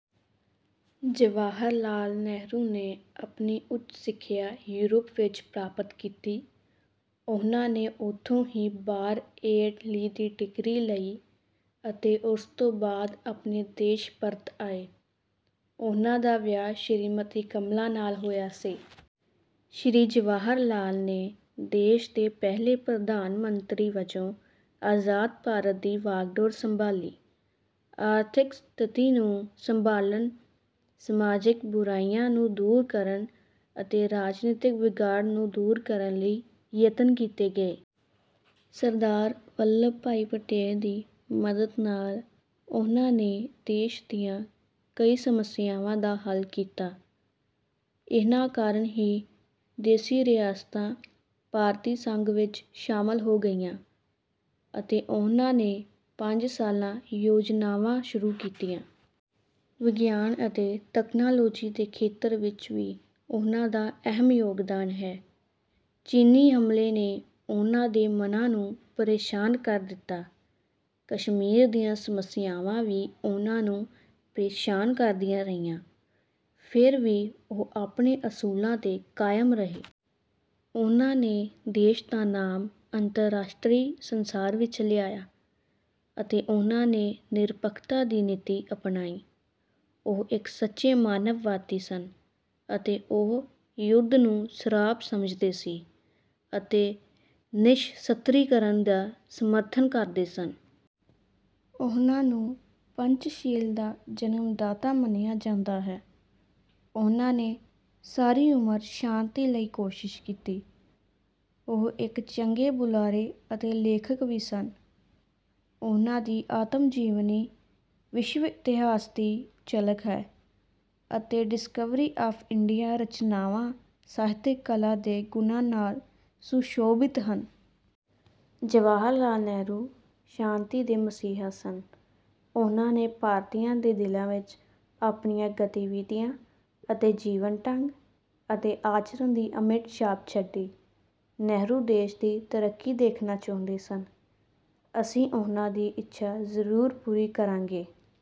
ਜਵਾਹਰ ਲਾਲ ਨਹਿਰੂ ਨੇ ਆਪਣੀ ਉੱਚ ਸਿੱਖਿਆ ਯੂਰਪ ਵਿੱਚ ਪ੍ਰਾਪਤ ਕੀਤੀ। ਉਹਨਾਂ ਨੇ ਉਥੋਂ ਹੀ ਬਾਰ. ਏਟ. ਲੀ ਦੀ ਡਿਗਰੀ ਲਈ ਅਤੇ ਉਸ ਤੋਂ ਬਾਅਦ ਆਪਣੇ ਦੇਸ਼ ਪਰਤ ਆਏ। ਉਹਨਾਂ ਦਾ ਵਿਆਹ ਸ਼੍ਰੀਮਤੀ ਕਮਲਾ ਨਾਲ ਹੋਇਆ ਸੀ। ਸ਼੍ਰੀ ਜਵਾਹਰ ਲਾਲ ਨੇ ਦੇਸ਼ ਦੇ ਪਹਿਲੇ ਪ੍ਰਧਾਨ ਮੰਤਰੀ ਵਜੋਂ ਆਜ਼ਾਦ ਭਾਰਤ ਦੀ ਵਾਗਡੋਰ ਸੰਭਾਲੀ। ਆਰਥਿਕ ਸਥਿਤੀ ਨੂੰ ਸੰਭਾਲਣ, ਸਮਾਜਿਕ ਬੁਰਾਈਆਂ ਨੂੰ ਦੂਰ ਕਰਨ ਅਤੇ ਰਾਜਨੀਤਿਕ ਵਿਗਾੜ ਨੂੰ ਦੂਰ ਕਰਨ ਲਈ ਯਤਨ ਕੀਤੇ ਗਏ। ਸਰਦਾਰ ਵੱਲਭ ਭਾਈ ਪਟੇਲ ਦੀ ਮਦਦ ਨਾਲ ਉਨ੍ਹਾਂ ਨੇ ਦੇਸ਼ ਦੀਆਂ ਕਈ ਸਮੱਸਿਆਵਾਂ ਦਾ ਹੱਲ ਕੀਤਾ। ਇਨ੍ਹਾਂ ਕਾਰਨ ਹੀ ਦੇਸੀ ਰਿਆਸਤਾਂ ਭਾਰਤੀ ਸੰਘ ਵਿੱਚ ਸ਼ਾਮਲ ਹੋ ਗਈਆਂ। ਅਤੇ ਉਹਨਾਂ ਨੇ ਪੰਜ ਸਾਲਾ ਯੋਜਨਾਵਾਂ ਸ਼ੁਰੂ ਕੀਤੀਆਂ। ਵਿਗਿਆਨ ਅਤੇ ਤਕਨਾਲੋਜੀ ਦੇ ਖੇਤਰ ਵਿੱਚ ਵੀ ਉਨ੍ਹਾਂ ਦਾ ਅਹਿਮ ਯੋਗਦਾਨ ਹੈ। ਚੀਨੀ ਹਮਲੇ ਨੇ ਉਨ੍ਹਾਂ ਦੇ ਮਨਾਂ ਨੂੰ ਪਰੇਸ਼ਾਨ ਕਰ ਦਿੱਤਾ। ਕਸ਼ਮੀਰ ਦੀਆਂ ਸਮੱਸਿਆਵਾਂ ਵੀ ਉਹਨਾਂ ਨੂੰ ਪ੍ਰੇਸ਼ਾਨ ਕਰਦੀਆਂ ਰਹੀਆਂ। ਫਿਰ ਵੀ ਉਹ ਆਪਣੇ ਅਸੂਲਾਂ 'ਤੇ ਕਾਇਮ ਰਹੇ। ਉਹਨਾਂ ਨੇ ਦੇਸ਼ ਦਾ ਨਾਮ ਅੰਤਰਰਾਸ਼ਟਰੀ ਸੰਸਾਰ ਵਿੱਚ ਲਿਆਇਆ। ਅਤੇ ਉਹਨਾਂ ਨੇ ਨਿਰਪੱਖਤਾ ਦੀ ਨੀਤੀ ਅਪਣਾਈ। ਉਹ ਇੱਕ ਸੱਚੇ ਮਾਨਵਵਾਦੀ ਸਨ ਅਤੇ ਉਹ ਯੁੱਧ ਨੂੰ ਸਰਾਪ ਸਮਝਦੇ ਸੀ ਅਤੇ ਨਿਸ਼ਸਤਰੀਕਰਨ ਦਾ ਸਮਰਥਨ ਕਰਦੇ ਸਨ। ਉਹਨਾਂ ਨੂੰ ਪੰਚਸ਼ੀਲ ਦਾ ਜਨਮਦਾਤਾ ਮੰਨਿਆ ਜਾਂਦਾ ਹੈ। ਉਹਨਾਂ ਨੇ ਸਾਰੀ ਉਮਰ ਸ਼ਾਂਤੀ ਲਈ ਕੋਸ਼ਿਸ਼ ਕੀਤੀ। ਉਹ ਇੱਕ ਚੰਗੇ ਬੁਲਾਰੇ ਅਤੇ ਲੇਖਕ ਵੀ ਸਨ। ਉਹਨਾਂ ਦੀ 'ਆਤਮਜੀਵਨੀ' ਵਿਸ਼ਵ ਇਤਿਹਾਸ ਦੀ ਝਲਕ ਹੈ ਅਤੇ 'ਡਿਸਕਵਰੀ ਆਫ਼ ਇੰਡੀਆ' ਰਚਨਾਵਾਂ ਸਾਹਿਤਕ ਕਲਾ ਦੇ ਗੁਣਾਂ ਨਾਲ ਸੁਸ਼ੋਭਿਤ ਹਨ। ਜਵਾਹਰ ਲਾਲ ਨਹਿਰੂ ਸ਼ਾਂਤੀ ਦੇ ਮਸੀਹਾ ਸਨ। ਉਹਨਾਂ ਨੇ ਭਾਰਤੀਆਂ ਦੇ ਦਿਲਾਂ ਵਿੱਚ ਆਪਣੀਆਂ ਗਤੀਵਿਧੀਆਂ ਅਤੇ ਜੀਵਨ ਢੰਗ ਅਤੇ ਆਚਰਣ ਦੀ ਅਮਿੱਟ ਛਾਪ ਛੱਡੀ। ਨਹਿਰੂ ਦੇਸ਼ ਦੀ ਤਰੱਕੀ ਦੇਖਣਾ ਚਾਹੁੰਦੇ ਸਨ। ਅਸੀਂ ਉਨ੍ਹਾਂ ਦੀ ਇੱਛਾ ਜ਼ਰੂਰ ਪੂਰੀ ਕਰਾਂਗੇ।